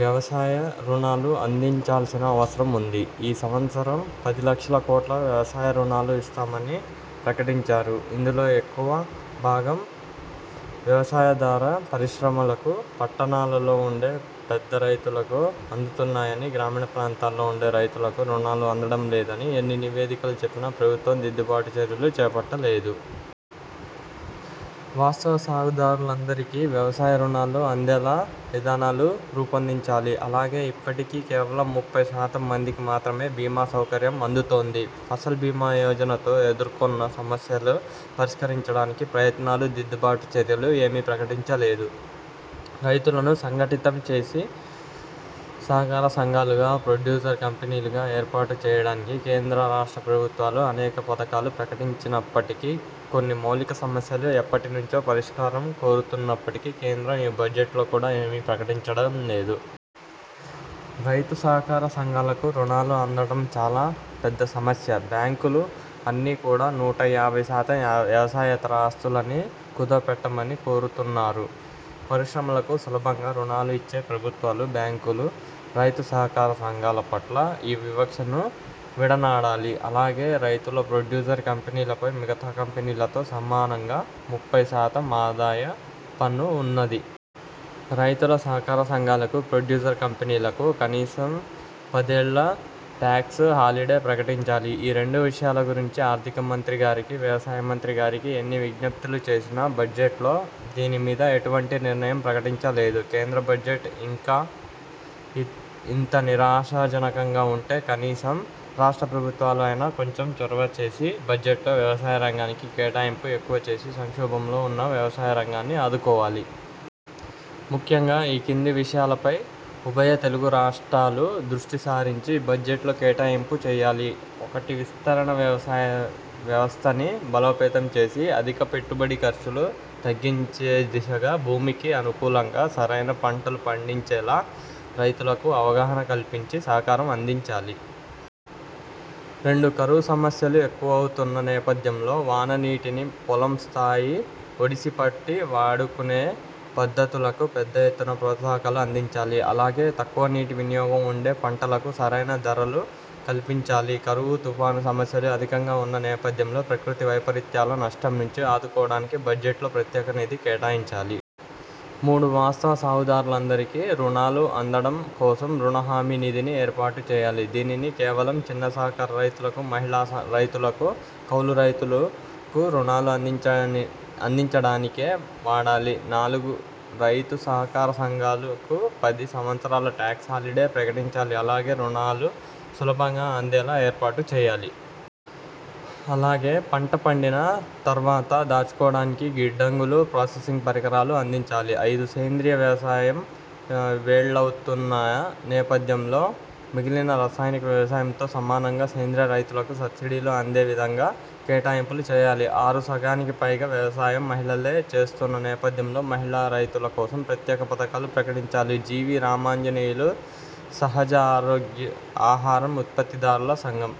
వ్యవసాయ రుణాలు అందాల్సిన అవసరం వుంది. ఈ సంవత్సరం పది లక్షల కోట్లు వ్యవసాయ రుణాలు ఇస్తామని ప్రకటించారు. ఇందులో ఎక్కువ భాగం వ్యవసాయాధార పరిశ్రమలకు, పట్టణాలలో వుండే పెద్ద రైతులకు అందుతున్నాయని, గ్రామీణ ప్రాంతంలో వుండే రైతులకు రుణాలు అందటం లేదని ఎన్ని నివేదికలు చెప్పినా ప్రభుత్వం దిద్దుబాటు చర్యలు చేపట్టలేదు. వాస్తవ సాగుదారులకందరికీ వ్యవసాయ రుణాలు అందేలా విధానాలు రూపొందించాలి. అలాగే ఇప్పటికీ కేవలం ముప్పై శాతం మందికి మాత్రమే బీమా సౌకర్యం అందుతోంది. ఫసల్ భీమా యోజనతో ఎదుర్కొన్న సమస్యలు పరిష్కరించటానికి ప్రయత్నాలు, దిద్దుబాటు చర్యలు ఏమీ ప్రకటించలేదు. రైతులను సంఘటితం చేసి సహకార సంఘాలుగా, ప్రొడ్యూసర్ కంపెనీలుగా ఏర్పాటు చేయటానికి కేంద్ర రాష్ట్ర ప్రభుత్వాలు అనేక పథకాలు ప్రకటించినప్పటికీ, కొన్ని మౌలిక సమస్యలు ఎప్పటి నుంచో పరిష్కారం కోరుతున్నప్పటికీ కేంద్రం ఈ బడ్జెట్లో కూడా ఏమీ ప్రకటించలేదు. రైతు సహకార సంఘాలకు రుణాలు అందటం చాలా పెద్ద సమస్య. బ్యాంకులు అన్నీ కూడా నూట యాభై శాతం వ్యాయ వ్యవసాయేతర ఆస్తులని కుదువ పెట్టమని కోరుతున్నారు. పరిశ్రమలకు సులభంగా రుణాలు ఇచ్చే ప్రభుత్వాలు, బ్యాంకులు రైతు సహకార సంఘాల పట్ల ఈ వివక్షను విడనాడాలి. అలాగే రైతుల ప్రొడ్యూసర్ కంపెనీలపై మిగతా కంపెనీలతో సమానంగా ముప్పయి శాతం ఆదాయ పన్ను వున్నది. రైతుల సహకార సంఘాలకు, ప్రొడ్యూసర్ కంపెనీలకు కనీసం పదేళ్ళు టాక్స్ హాలిడే ప్రకటించాలి. ఈ రెండు విషయాల గురించి ఆర్థిక మంత్రి గారికి, వ్యవసాయ మంత్రి గారికి ఎన్ని విజ్ఞప్తులు చేసినా బడ్జెట్లో దీని మీద ఎటువంటి నిర్ణయం ప్రకటించలేదు. కేంద్ర బడ్జెట్ ఇంక ఇంత నిరాశాజనకంగా వుంటే కనీసం రాష్ట్ర ప్రభుత్వాలు అయినా కొంచెం చొరవచేసి బడ్జెట్లో వ్యవసాయ రంగానికి కేటాయింపులు ఎక్కువ చేసి సంక్షోభంలో వున్న వ్యవసాయ రంగాన్ని ఆదుకోవాలి. ముఖ్యంగా ఈ కింది విషయాల పై ఉభయ తెలుగు రాష్ట్రాలు దృష్టి సారించి బడ్జెట్లో కేటాయింపు చేయాలి. ఒకటి విస్తరణ వ్యవసాయ వ్యవస్థని బలోపేతం చేసి, అధిక పెట్టుబడి ఖర్చులు తగ్గించే దిశగా, భూమికి అనుకూలంగా సరైన పంటలు పండించేలా రైతులకు అవగాహన కల్పించి, సహకారం అందించాలి. రెండు కరువు సమస్యలు ఎక్కువవుతున్న నేపథ్యంలో వాన నీటిని పొలం స్థాయి ఒడిసి పట్టి వాడుకునే పద్ధతులకు పెద్ద ఎత్తున ప్రోత్సాహకాలు అందించాలి అలాగే తక్కువ నీటి వినియోగం వుండే పంటలకు సరైన ధరలు కల్పించాలి. కరువు, తుఫాను సమస్యలు అధికంగా వున్న నేపథ్యంలో ప్రకృతి వైపరీత్యాల నష్టం నుంచి ఆదుకోవటానికి బడ్జెట్ లో ప్రత్యేక నిధి కేటాయించాలి. మూడు వాస్తవ సాగుదారులందరికీ రుణాలు అందటం కోసం 'రుణ హామీ నిధి'ని ఏర్పాటు చేయాలి. దీనిని కేవలం చిన్న సహకార రైతులకు, మహిళా సహ రైతులకు, కౌలు రైతులకు రుణాలు అందించడా అందించడానికే వాడాలి. నాలుగు రైతు సహకార సంఘాలకు పది సంవత్సరాలు టాక్స్ హాలిడే ప్రకటించాలి, ఆలాగే రుణాలు సులభంగా అందేలా ఏర్పాటు చేయాలి. అలాగే పంట పండిన తర్వాత దాచుకోవటానికి గిడ్డంగులు, ప్రాసెసింగ్ పరికరాలు అందించాలి. ఐదు సేంద్రియ వ్యవసాయం వే ళ్ళావుతున్నా నేపథ్యంలో మిగిలిన రసాయనిక వ్యవసాయంతో సమానంగా సేంద్రియ రైతులకు సబ్సిడీలు అందే విధంగా కేటాయింపులు చేయాలి. ఆరు సగానికి పైగా వ్యవసాయం మహిళలే చేస్తున్న నేపథ్యంలో మహిళా రైతుల కోసం ప్రత్యేక పధకాలు ప్రకటించాలి. జి. వి. రామాంజనేయులు సహజ ఆరోగ్యం ఆహారం ఉత్పత్తిదారుల సంఘం